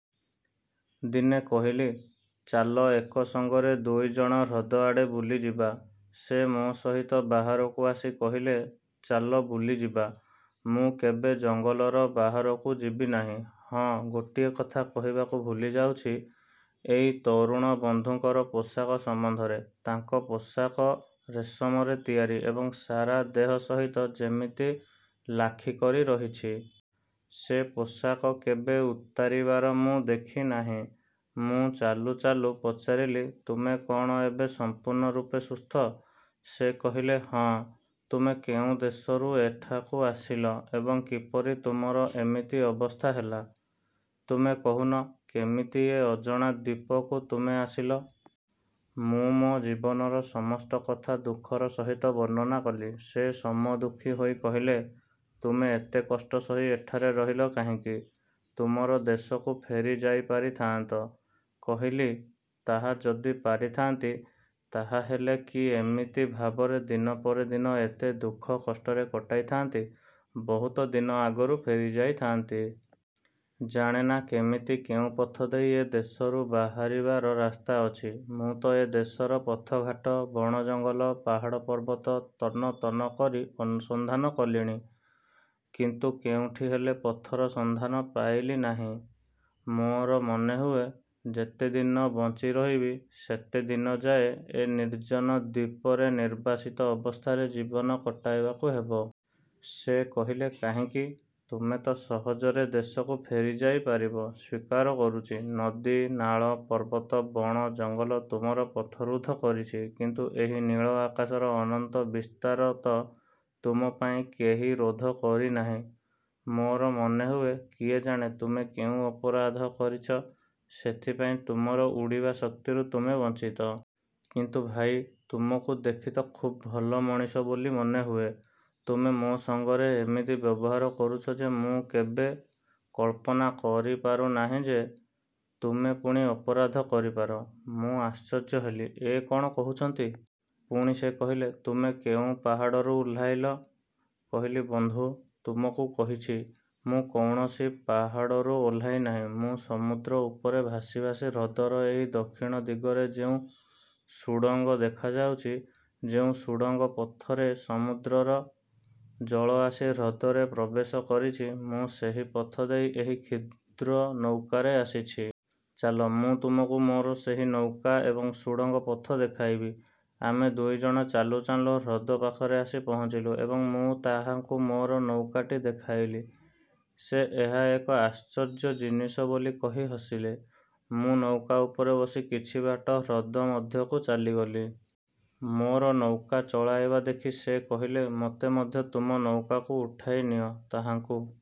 ଦିନେ କହିଲି, ''ଚାଲ ଏକ ସଙ୍ଗରେ ଦୁଇ ଜଣ ହ୍ରଦଆଡ଼େ ବୁଲିଯିବା। ସେ ମୋ ସହିତ ବାହାରକୁ ଆସି କହିଲେ, ''ଚାଲ, ବୁଲିଯିବା। ମୁଁ କେବେ ଜଙ୍ଗଲର ବାହାରକୁ ଯିବି ନାହିଁ। '' ହଁ ଗୋଟିଏ କଥା କହିବାକୁ ଭୁଲିଯାଉଛି, ଏଇ ତରୁଣ ବନ୍ଧୁଙ୍କର ପୋଷାକ ସମ୍ବନ୍ଧରେ-ତାଙ୍କ ପୋଷାକ ରେଶମରେ ତିଆରି ଏବଂ ସାରା ଦେହ ସହିତ ଯେମିତି ଲାଖିକରି ରହିଛି। ସେ ପୋଷାକ କେବେ ଉତାରିବାର ମୁଁ ଦେଖି ନାହିଁ। ମୁଁ ଚାଲୁ ଚାଲୁ ପଚାରିଲି, ''ତୁମେ କ'ଣ ଏବେ ସମ୍ପୂର୍ଣ୍ଣ ରୂପେ ସୁସ୍ଥ? ସେ କହିଲେ, ''ହଁ। '' ''ତୁମେ କେଉଁ ଦେଶରୁ ଏଠାକୁ ଆସିଲ ଏବଂ କିପରି ତୁମର ଏମିତି ଅବସ୍ଥା ହେଲା? '' ''ତୁମେ କହୁନ, କେମିତି ଏ ଅଜଣା ଦ୍ୱୀପକୁ ତୁମେ ଆସିଲ? '' ମୁଁ ମୋ ଜୀବନର ସମସ୍ତ କଥା ଦୁଃଖର ସହିତ ବର୍ଣ୍ଣନା କଲି। ସେ ସମଦୁଃଖୀ ହୋଇ କହିଲେ, ''ତୁମେ ଏତେ କଷ୍ଟ ସହି ଏଠାରେ ରହିଲ କାହିଁକି? ତୁମର ଦେଶକୁ ଫେରି ଯାଇପାରିଥାଆନ୍ତ! '' କହିଲି, ''ତାହା ଯଦି ପାରିଥାନ୍ତି, ତାହାହେଲେ କି ଏମିତି ଭାବରେ ଦିନ ପରେ ଦିନ ଏତେ ଦୁଃଖ କଷ୍ଟରେ କଟାଇଥାନ୍ତି, ବହୁତ ଦିନ ଆଗରୁ ଫେରିଯାଇଥାନ୍ତି। ଜାଣେନା କେମିତି କେଉଁ ପଥ ଦେଇ ଏ ଦେଶରୁ ବାହାରିବାର ରାସ୍ତା ଅଛି। ମୁଁ ତ ଏ ଦେଶର ପଥଘାଟ, ବଣ ଜଙ୍ଗଲ, ପାହାଡ଼ ପର୍ବତ ତନ୍ନ ତନ୍ନ କରି ଅନୁସନ୍ଧାନ କଲିଣି; କିନ୍ତୁ କେଉଁଠି ହେଲେ ପଥର ସନ୍ଧାନ ପାଇଲି ନାହିଁ। ମୋର ମନେହୁଏ, ଯେତେଦିନ ବଞ୍ଚି ରହିବି; ସେତେଦିନଯାଏ ଏଇ ନିର୍ଜନ ଦ୍ୱୀପରେ ନିର୍ବାସିତ ଅବସ୍ଥାରେ ଜୀବନ କଟାଇବାକୁ ହେବ। '' ସେ କହିଲେ ''କାହିଁକି? ତୁମେ ତ ସହଜରେ ଦେଶକୁ ଫେରିଯାଇପାରିବ। ସ୍ୱୀକାର କରୁଛି,-ନଦୀ, ନାଳ, ପର୍ବତ, ବଣ, ଜଙ୍ଗଲ ତୁମର ପଥରୁଦ୍ଧ କରିଛି। କିନ୍ତୁ ଏହି ନୀଳ ଆକାଶର ଅନନ୍ତ ବିସ୍ତାର ତ ତୁମପାଇଁ କେହି ରୋଧ କରିନାହିଁ। ମୋର ମନେହୁଏ, କିଏ ଜାଣେ ତୁମେ କେଉଁ ଅପରାଧ କରିଛ, ସେଇଥିପାଇଁ ତୁମର ଉଡ଼ିବା ଶକ୍ତିରୁ ତୁମେ ବଞ୍ଚିତ। କିନ୍ତୁ ଭାଇ, ତୁମକୁ ଦେଖି ତ ଖୁବ୍ ଭଲ ମଣିଷ ବୋଲି ମନେହୁଏ, ତୁମେ ମୋ ସଙ୍ଗରେ ଏମିତି ବ୍ୟବହାର କରୁଛ ଯେ ମୁଁ କେବେ। କଳ୍ପନା କରିପାରୁ ନାହିଁ ଯେ ତୁମେ ପୁଣି ଅପରାଧ କରିପାର। ମୁଁ ଆଶ୍ଚର୍ଯ୍ୟ ହେଲି, ଏ କ'ଣ କହୁଛନ୍ତି! ପୁଣି ସେ କହିଲେ, ''ତୁମେ କେଉଁ ପାହାଡ଼ରୁ ଓହ୍ଲାଇଲ? '' କହିଲି ''ବନ୍ଧୁ! ତୁମକୁ କହିଛି, ମୁଁ କୌଣସି ପାହାଡ଼ରୁ ଓହ୍ଲାଇ ନାହିଁ। ମୁଁ ସମୁଦ୍ର ଉପରେ ଭାସି ଭାସି ହ୍ରଦର ଏଇ ଦକ୍ଷିଣ ଦିଗରେ ଯେଉଁ ସୁଡ଼ଙ୍ଗ ଦେଖାଯାଉଛି, ଯେଉଁ ସୁଡ଼ଙ୍ଗ ପଥରେ ସମୁଦ୍ରର ଜଳ ଆସି ହ୍ରଦରେ ପ୍ରବେଶ କରିଛି, ମୁଁ ସେହି ପଥ ଦେଇ ଏହି କ୍ଷୁଦ୍ର ନୌକାରେ ଆସିଛି। ଚାଲ, ମୁଁ ତୁମକୁ ମୋର ସେହି ନୌକା ଏବଂ ସୁଡ଼ଙ୍ଗ ପଥ ଦେଖାଇବି। ଆମେ ଦୁଇଜଣ ଚାଲୁଁ ଚାଲୁଁ ହ୍ରଦ ପାଖରେ ଆସି ପହଞ୍ଚିଲୁ ଏବଂ ମୁଁ ତାହାଙ୍କୁ ମୋର ନୌକାଟି ଦେଖାଇଲି। ସେ ଏହା ଏକ ଆଶ୍ଚର୍ଯ୍ୟ ଜିନିଷ ବୋଲି କହି ହସିଲେ। ମୁଁ ନୌକା ଉପରେ ବସି କିଛିବାଟ ହ୍ରଦ ମଧ୍ୟକୁ ଚାଲିଗଲି। ମୋର ନୌକା ଚଳାଇବା ଦେଖି ସେ କହିଲେ, ''ମୋତେ ମଧ୍ୟ ତୁମ ନୌକାକୁ ଉଠାଇନିଅ। '' ତାହାଙ୍କୁ